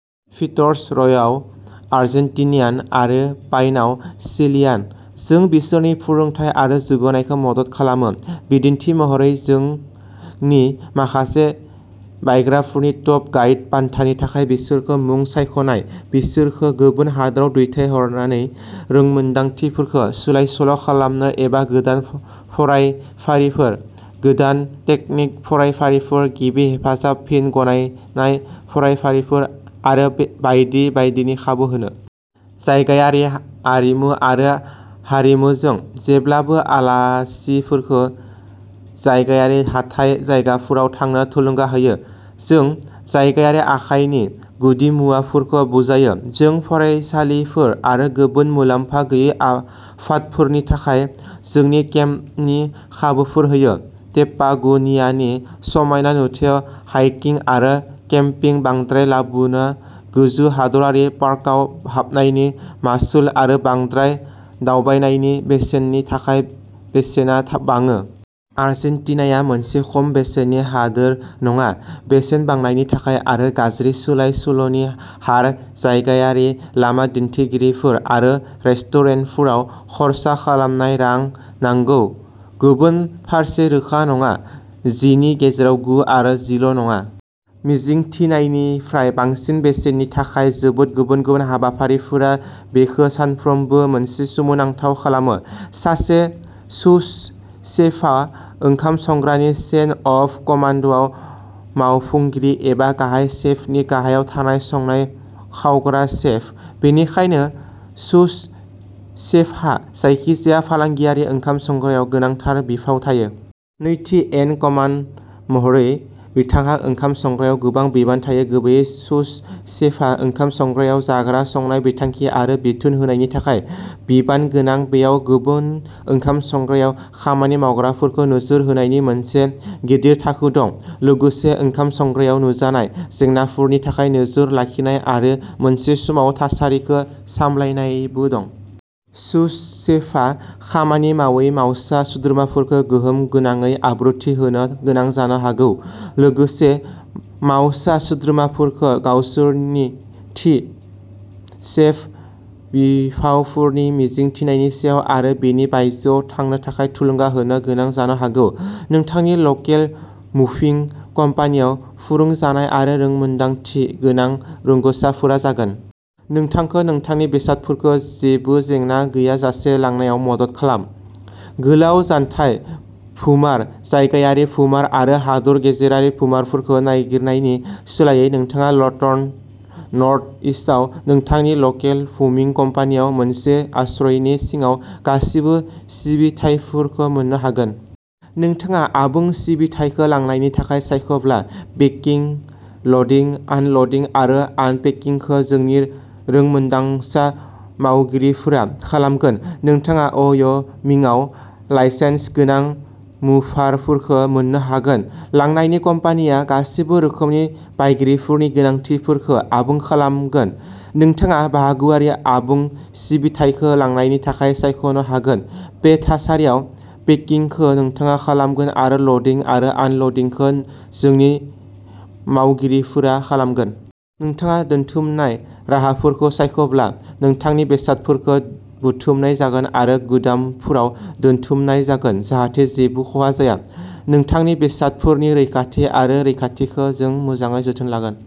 Fitz रयआव Argentinian आरो पाइनआव चिलियान। जों बिसोरनि फोरोंथाय आरो जौगानायखौ मदद खालामो, बिदिन्थि महरै, जोंनि माखासे बायग्राफोरनि टप गाइड बान्थानि थाखाय बिसोरखौ मुं सायख'नाय, बिसोरखौ गुबुन हादोराव दैथायहरनानै रोंमोनदांथिफोरखौ सोलाय सोल' खालामनो एबा गोदान फरायफारिफोर, गोदान तेकनिक फरायफारिफोर, गिबि हेफाजाब फिन गनायनाय फरायफारिफोर आरो बायदि बायदिनि खाबु होनो। जायगायारि आरिमु आरो हारिमुजों जेब्लाबो आलासिफोरखौ जायगायारि हाथाइ जायगाफोराव थांनो थुलुंगा होयो, जों जायगायारि आखाइनि गुदिमुवाफोरखौ बुजायो। जों फरायसालिफोर आरो गुबुन मुलाम्फा गैयै आफादफोरनि थाखाय जोंनि केम्पनि खाबुफोर होयो। केपागोनियानि समायना नुथायाव हाइकिं आरो केम्पिं बांद्राय लाबोनो गोजौ हादोरारि पार्कआव हाबनायनि मासुल आरो बांद्राय दावबायनायनि बेसेननि थाखाय बेसेना बाङो। आर्जेन्टिनाया मोनसे खम बेसेननि हादोर नङा, बेसेन बांनायनि थाखाय आरो गाज्रि सोलाय सोल'नि हार जायगायारि लामा दिन्थिगिरिफोर आरो रेस्टुरेन्टफोराव खर्सा खालामनाय रां, नांगौ। गुबुन फारसे रोखा नङा। जिनि गेजेराव गु आरो जिल' नङा। मिजिंथिनायनिफ्राय बांसिन बेसेननि थाखाय जोबोद गुबुन गुबुन हाबाफारिफोरा बेखौ सानफ्रोमबो मोनसे सोमोनांथाव खालामो। सासे सौस सेफआ ओंखाम संग्रानि चेन अफ कमान्डआव मावफुंगिरि एबा गाहाय सेफनि गाहायाव थानाय संनाय खावग्रा सेफ। बेनिखायनो, सौस शेफहा जायखिजाया फालांगियारि ओंखाम संग्रायाव गोनांथार बिफाव थायो। नैथि इन कमान्ड महरै, बिथांहा ओंखाम संग्रायाव गोबां बिबान थायो। गुबैयै, सौस शेफआ ओंखाम संग्रायाव जाग्रा संनाय बिथांखि आरो बिथोन होनायनि थाखाय बिबान गोनां। बेयाव गुबुन ओंखाम संग्रायाव खामानि मावग्राफोरखौ नोजोर होनायनि मोनसे गिदिर थाखो दं, लोगोसे ओंखाम संग्रायाव नुजानाय जेंनाफोरनि थाखाय नोजोर लाखिनाय आरो मोनसे समाव थासारिखो सामलायनायबो दं। सौस शेफआ खामानि मावै मावसा सोद्रोमाफोरखौ गोहोम गोनाङै आब्रुथि होनो गोनां जानो हागौ, लोगोसे मावसा सोद्रोमाफोरखौ गावसोरनिथि सेफ बिफावफोरनि मिजिंथिनायनि सायाव आरो बेनि बायजोआव थांनो थाखाय थुलुंगा होनो गोनां जानो हागौ। नोंथांनि लकेल मुभिं कम्पानीआव, फोरोंजानाय आरो रोंमोनदांथि गोनां रोंग'साफोरा जागोन। नोंथांखौ नोंथांनि बेसादफोरखौ जेबो जेंना गैयाजासे लांनायाव मदद खालाम। गोलाव जानथाय भुमार, जायगायारि भुमार आरो हादोर गेजेरारि भुमारफोरखौ नागिरनायनि सोलायै, नोंथाङा लर्टन, नर्थ इस्थआव नोंथांनि लकेल मुभिं कम्पानीआव मोनसे आश्रयनि सिङाव गासिबो सिबिथाइफोरखौ मोन्नो हागोन। नोंथाङा आबुं सिबिथाइखो लांनायनि थाखाय सायख'ब्ला, पेकिं, ल'डिं, आनल'डिं आरो आनपेकिंखो जोंनि रोंमोन्दांसा मावगिरिफोरा खालामगोन। नोंथाङा व'य'मिंआव लाइसेन्स गोनां मुभारफोरखो मोन्नो हागोन। लांनायनि कम्पानिया गासैबो रोखोमनि बायगिरिफोरनि गोनांथिफोरखो आबुं खालामगोन। नोंथाङा बाहागोआरि आबुं सिबिथाइखो लांनायनि थाखाय सायख'नो हागोन, बे थासारियाव पेकिंखो नोंथाङा खालामगोन आरो ल'डिं आरो आनल'डिंखौ जोंनि मावगिरिफोरा खालामगोन। नोंथाङा दोनथुमनाय राहाफोरखौ सायख'ब्ला, नोंथांनि बेसादफोरखौ बुथुमनाय जागोन आरो गुदामफोराव दोनथुमनाय जागोन जाहाथे जेबो खहा जाया। नोंथांनि बेसादफोरनि रैखाथि आरो रैखाथिखौ जों मोजाङै जोथोन लागोन।